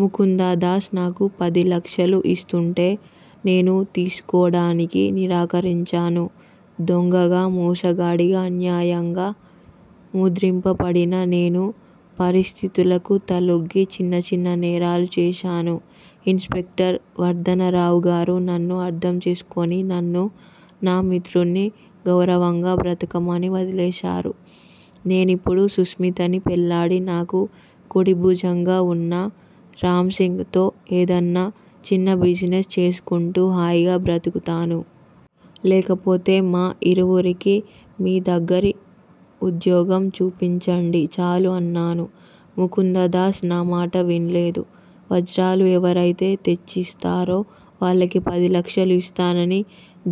ముకుందదాస్ నాకు పదిలక్షలు ఇస్తూంటే నేను తీసుకోడానికి నిరాకరించాను. దొంగగా, మోసగాడిగా అన్యాయంగ ముద్రింపబడిన నేను పరిస్థితులకు తలొగ్గి చిన్న చిన్న నేరాలు చేశాను. ఇన్ స్పెక్టర్ వర్ధనరావుగారు నన్ను అర్థంచేసుకుని నన్ను, నా మిత్రుణ్ణి గౌరవంగా బ్రతకమని వదిలేశారు. నేనిప్పుడు సుస్మితని పెళ్ళాడి నాకు కుడిభుజంగ వున్న రాంసింగ్ తో ఏదన్నా చిన్న బిజినెస్ చేసుకుంటూ హాయిగా బ్రతుకుతాను. లేకపోతే మా ఇరువురికి మీదగ్గరి ఉద్యోగం చూపించండి చాలు అన్నాను. ముకుందదాస్ నామాట విన్లేదు. వజ్రాలు ఎవరైతే తెచ్చిస్తారో వాళ్ళకి పదిలక్షలు ఇస్తానని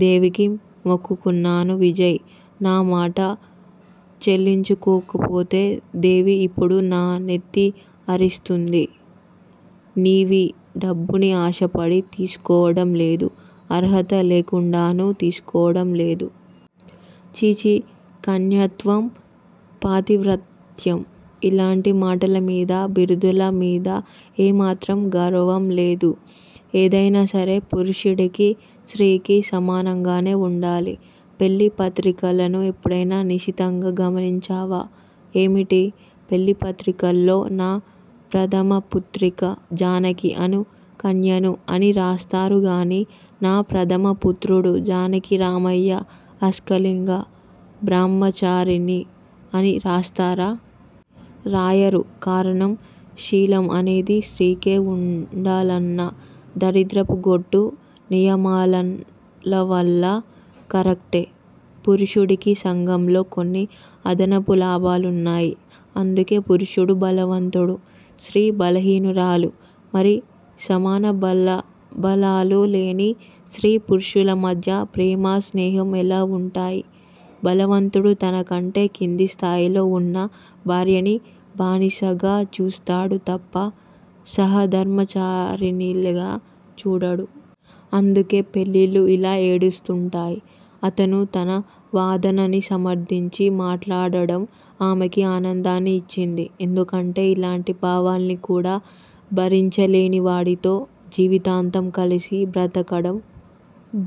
దేవికి మొక్కుకున్నాను విజయ్! నామాట చెల్లించుకోకపోతే దేవి ఇప్పుడు నానెత్తి అరిచేస్తుంది. నీవీ డబ్బుని ఆశపడి తీసుకోవడం లేదు. అర్హత లేకుండానూ తీసుకోవడం లేదు. ఛీఛీ- కన్యత్వం- పాతివ్రత్యం- ఇలాంటి మాటలమీద, బిరుదుల మీద ఏ మాత్రం గౌరవం లేదు. ఏదైనా సరే పురుషుడికీ, స్త్రీకి సమానంగానే వుండాలి. పెళ్ళి పత్రికలను ఎప్పుడైనా నిశితంగా గమనించావా? ఏమిటి? పెళ్ళి పత్రికల్లో నా ప్రథమ పుత్రిక జానకి అను కన్యను అని రాస్తారుగానీ నా ప్రధమ పుత్రుడు జానకిరామయ్య అస్కలిత బ్రహ్మచారిని అని రాస్తారా? రాయరు కారణం శీలం అనేది స్త్రీకే వుండాలన్న దరిద్రపు గొట్టు నియమాలవల్ల కరెక్టే. పురుషుడికి సంఘంలో కొన్ని అదనపు లాభాలున్నాయి. అందుకే పురుషుడు బలవంతుడు. స్త్రీ బలహీనురాలు. మరి సమాన బలబలాలు లేని స్త్రీ పురుషుల మధ్య ప్రేమా, స్నేహం ఎలా వుంటాయి? బలవంతుడు తనకంటే కిందిస్థాయిలో వున్న భార్యని బానిసగా చూస్తాడు తప్ప సహాధర్మచారిణిలా చూడడు. అందుకే పెళ్ళిళ్ళు ఇలా ఏడుస్తుంటాయి. అతను తన వాదనని సమర్ధించి మాట్లాడడం ఆమెకి ఆనందాన్ని ఇచ్చింది. ఎందుకంటే ఇలాంటి భావాల్ని కూడా భరించలేనివాడితో జీవితాంతం కలిసి బతకడం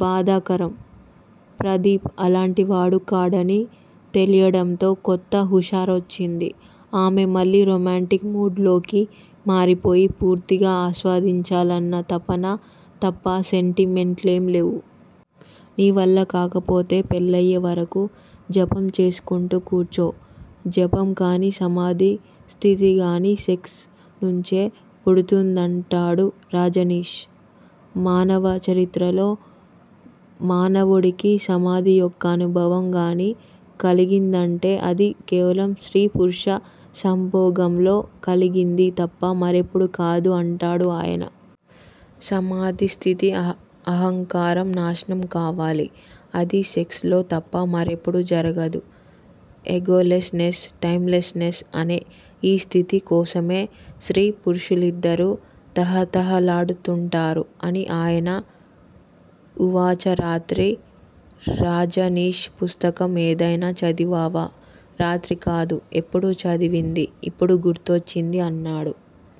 బాధాకరం. ప్రదీప్ అలాంటివాడు కాడని తెలియడంతో కొత్త హుషారొచ్చింది. ఆమె మళ్ళీ రొమాంటిక్ మూడ్ లోకి మారిపోయి పూర్తిగా ఆస్వాదించాలన్న తపన తప్ప సెంటిమెంట్లేం లేవు. నీవల్ల కాకపోతే పెళ్ళయ్యే వరకు జపం చేసుకుంటూ కూర్చో. జపం కానీ సమాధి స్థితిగానీ సెక్స్ నుంచే పుడుతుందంటాడు రజనీష్. మానవ చరిత్రలో మానవుడికి సమాధి యొక్క అనుభవం గానీ కలిగిందంటే అది కేవలం స్త్రీ పురుష సంభోగంలో కలిగింది తప్ప మరెప్పుడూ కాదు అంటాడు ఆయన. సమాధి స్థితి అహంకారం నాశనం కావాలి. అది సెక్స్ లో తప్ప మరెప్పుడూ జరగదు. Egolessness, timelessness అనే ఈ స్థితి కోసమే స్త్రీ పురుషులిద్దరూ తహతహలాడుతుంటారు అని ఆయన ఉవాచ రాత్రి రజనీష్ పుస్తకం ఏదైనా చదివావా? రాత్రి కాదు- ఎప్పుడో చదివింది ఇప్పుడు గుర్తుకొచ్చింది అన్నాడు.